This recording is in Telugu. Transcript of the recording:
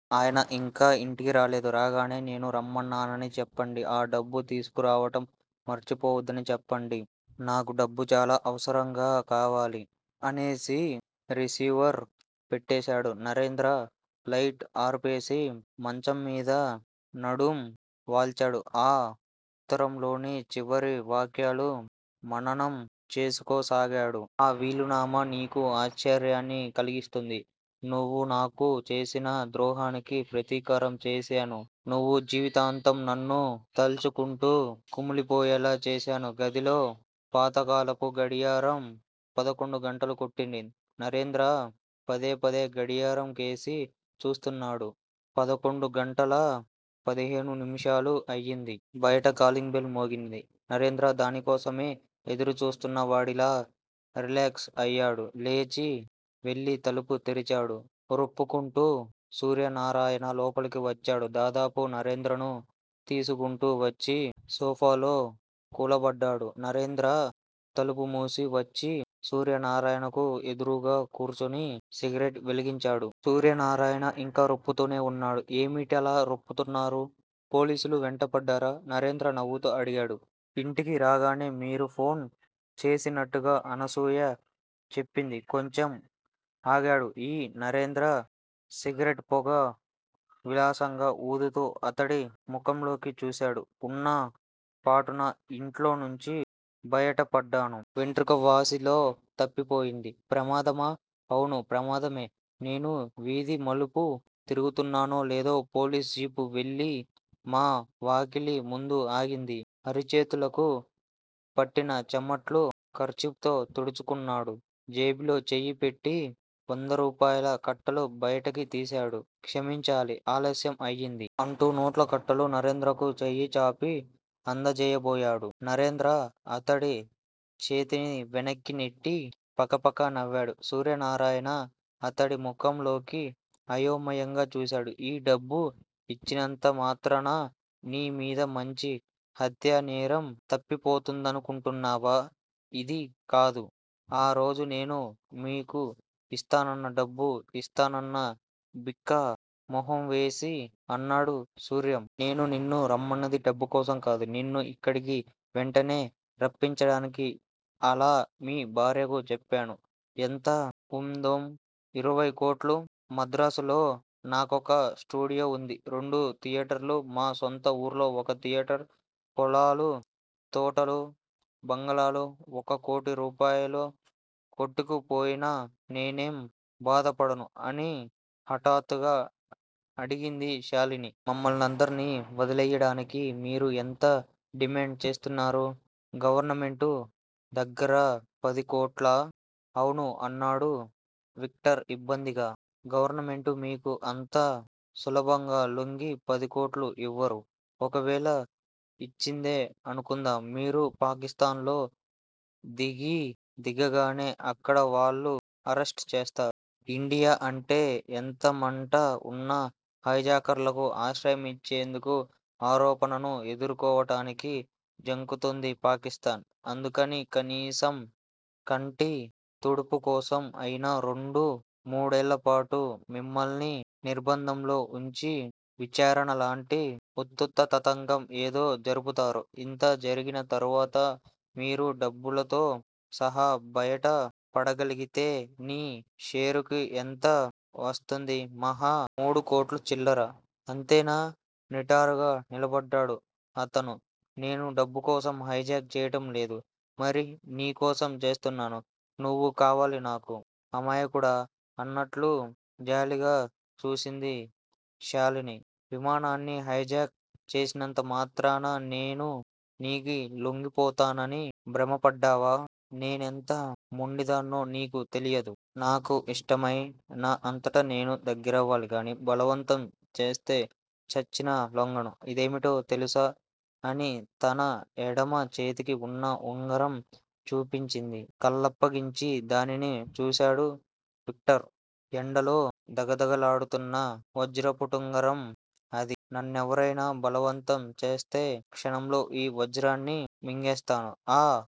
ఆయన ఇంకా ఇంటికి రాలేదు. రాగానే నేను రామ్మన్నానని చెప్పండి. అ డబ్బు తిసుకురావడం మర్చిపోవద్దని చెప్పండి. నాకు డబ్బు చాలా అవసరంగా కావాలి అనేసి రిసీవర్ పెట్టేశాడు నరేంద్ర. లైట్ ఆర్పేసి మంచంమీద నడుం వాల్చాడు. ఆ ఉత్తరంలోని చివరి వాక్యాలు మననం చేసుకోసాగాడు. ఆ వీలునామా నీకు ఆశ్చర్యాన్ని కలిగిస్తుంది. నువ్వు నాకు చేసిన ద్రోహానికి ప్రతీకారం చేశాను. నువ్వు జీవితాంతం నన్ను తల్చుకుంటూ కుమిలిపోయేలా చేశాను. గదిలో పాతకాలపు గడియారం పదకొండు గంటలు కొట్టింది. నరేంద్ర పదేపదే గడియారం కేసి చూస్తున్నాడు. పదకొండు గంటల పదిహేను నిమిషాలు అయింది. బయట కాలింగ్ బెల్ మోగింది. నరేంద్ర దాని కోసమే ఎదురుచుస్తున్నవాడిలా రిలాక్స్ అయ్యాడు లేచి వెళ్ళి తలుపు తెరిచాడు. రొప్పుకుంటూ సూర్యనారాయణ లోపలకు వచ్చాడు దాదాపు నరేంద్రను తీసుకుంటూ వచ్చి సోఫాలో కూలబడ్డాడు. నరేంద్ర తలుపు మూసి వచ్చి సూర్యనారాయణకు ఎదురుగా కూర్చుని సిగరెట్ వెలిగించాడు. సూర్యనారాయణ ఇంకా రొప్పుతూనే ఉన్నాడు. ఏమిటలా రొప్పుతున్నారు? పోలీసులు వెంటపడ్డారా? నరేంద్ర నవ్వుతూ అడిగాడు. ఇంటికి రాగానే మీరు ఫోన్ చేసినట్టుగా అనసూయ చెప్పింది కొంచెం ఆగాడు. ఈ నరేంద్ర సిగరెట్ పొగ విలాసంగా ఊదుతూ అతడి ముఖంలోకి చూశాడు. ఉన్న పాటున ఇంట్లో నుంచి బయటపడ్డాను. వెంట్రుక వాసిలో తప్పిపోయింది. ప్రమాదమా? అవును. ప్రమాదమే. నేను వీధి మలుపు తిరుగుతున్నానో లేదో పోలీస్ జీప్ వెళ్ళి మా వాకిలి ముందు ఆగింది. అరిచేతులకు పట్టిన చమట్లు కర్చీపుతో తుడుచుకున్నాడు. జేబులో చెయ్యి పెట్టి వందరూపాయల కట్టలు బయటికి తీశాడు. క్షమించాలి. ఆలస్యం అయింది. అంటూ నోట్ల కట్టలు నరేంద్రకు చేయ్యి చాపి అందచేయబోయాడు. నరేంద్ర అతడి చేతిని వెనక్కి నెట్టి పకపక నవ్వాడు. సూర్యనారాయణ అతడి ముఖం లోకి అయోమయంగా చూశాడు. ఈ డబ్బు ఇచ్చినంత మాత్రాన నీ మీద మంచి హత్యా నేరం తప్పిపోతుందనుకొంటున్నావా? ఇది కాదు. ఆ రోజు నేను మీకు ఇస్తానన్న డబ్బు ఇస్తానన్న బిక్క మొహం వేసి అన్నాడు సూర్యం. నేను నిన్ను రమ్మనది డబ్బుకోసం కాదు. నిన్ను ఇక్కడకి వెంటనే రప్పించడానికి అలా మీ భార్యకు చెప్పాను. ఎంత ఉందోం? ఇరవై కోట్లు! మద్రాసులో నాకొక స్టూడియో వుంది. రెండు థియేటర్లు. మా సొంత ఊళ్ళో ఒక థియేటర్. పొలాలు, తోటలు, బంగళాలు ఒక కోటి రూపాయలు కొట్టుకు పోయినా నేనేం బాధపడను అని హఠాత్తుగా అడిగింది శాలిని. మమ్మల్నందరినీ వదిలెయ్యాడానికి మీరు ఎంత డిమాండ్ చేస్తున్నారు గవర్నమెంటు దగ్గర? పది కోట్లా? అవును అన్నాడు విక్టర్ ఇబ్బందిగా. గవర్నమెంటు మీకు అంత సులభంగా లొంగి పదికోట్లు ఇవ్వరు. ఒకవేళ ఇచ్చిందే అనుకుందాం. మీరు పాకిస్తాన్ లో దిగీ దిగగానే అక్కడ వాళ్ళు అరెస్టు చేస్తారు. ఇండియా అంటే ఎంత మంట ఉన్నా, హైజాకర్లకు ఆశ్రయమిచ్చేందుకు ఆరోపణను ఎదుర్కోవడానికి జంకుతుంది పాకిస్తాన్. అందుకని, కనీసం కంటి తుడుపు కోసం అయినా రెండు మూడేళ్ళ పాటు మిమ్మల్ని నిర్భంధంలో ఉంచి విచారణ లాంటి ఉత్తుత్త తతంగం ఏదో జరుపుతారు. ఇంత జరిగిన తర్వాత మీరు డబ్బులతో సహా బయట పడగలిగితే నీ షేరుకి ఎంత వస్తుంది మహా! మూడు కోట్లు చిల్లర! అంతేనా? నిటారుగా నిలబడ్డాడు అతను. నేను డబ్బుకోసం హైజాక్ చెయ్యడం లేదు. మరి? నీ కోసం చేస్తున్నాను. నువ్వు కావాలి నాకు. అమాయకుడా! అన్నట్లు జాలిగా చూసింది శాలిని. విమానాన్ని హైజాక్ చేసినంత మాత్రాన నేను నీకీ లొంగిపోతానని భ్రమపడ్డావా? నేనెంత మొండిదాన్నో నీకు తెలియదు. నాకు ఇష్టమై నా అంతట నేను దగ్గరవ్వాలి గానీ బలవంతం చేస్తే చచ్చినా లొంగను. ఇదేమిటో తెలుసా! అని తన ఎడమ చేతికి ఉన్న ఉంగరం చూపించింది. కళ్ళప్పగించి దానిని చూశాడు విక్టర్. ఎండలో ధగధగలాడుతున్న వజ్రపుటుంగరం అది. నన్నెవరైనా బలవంతం చేస్తే, క్షణంలో ఈ వజ్రాన్ని మింగేస్తాను. ఆ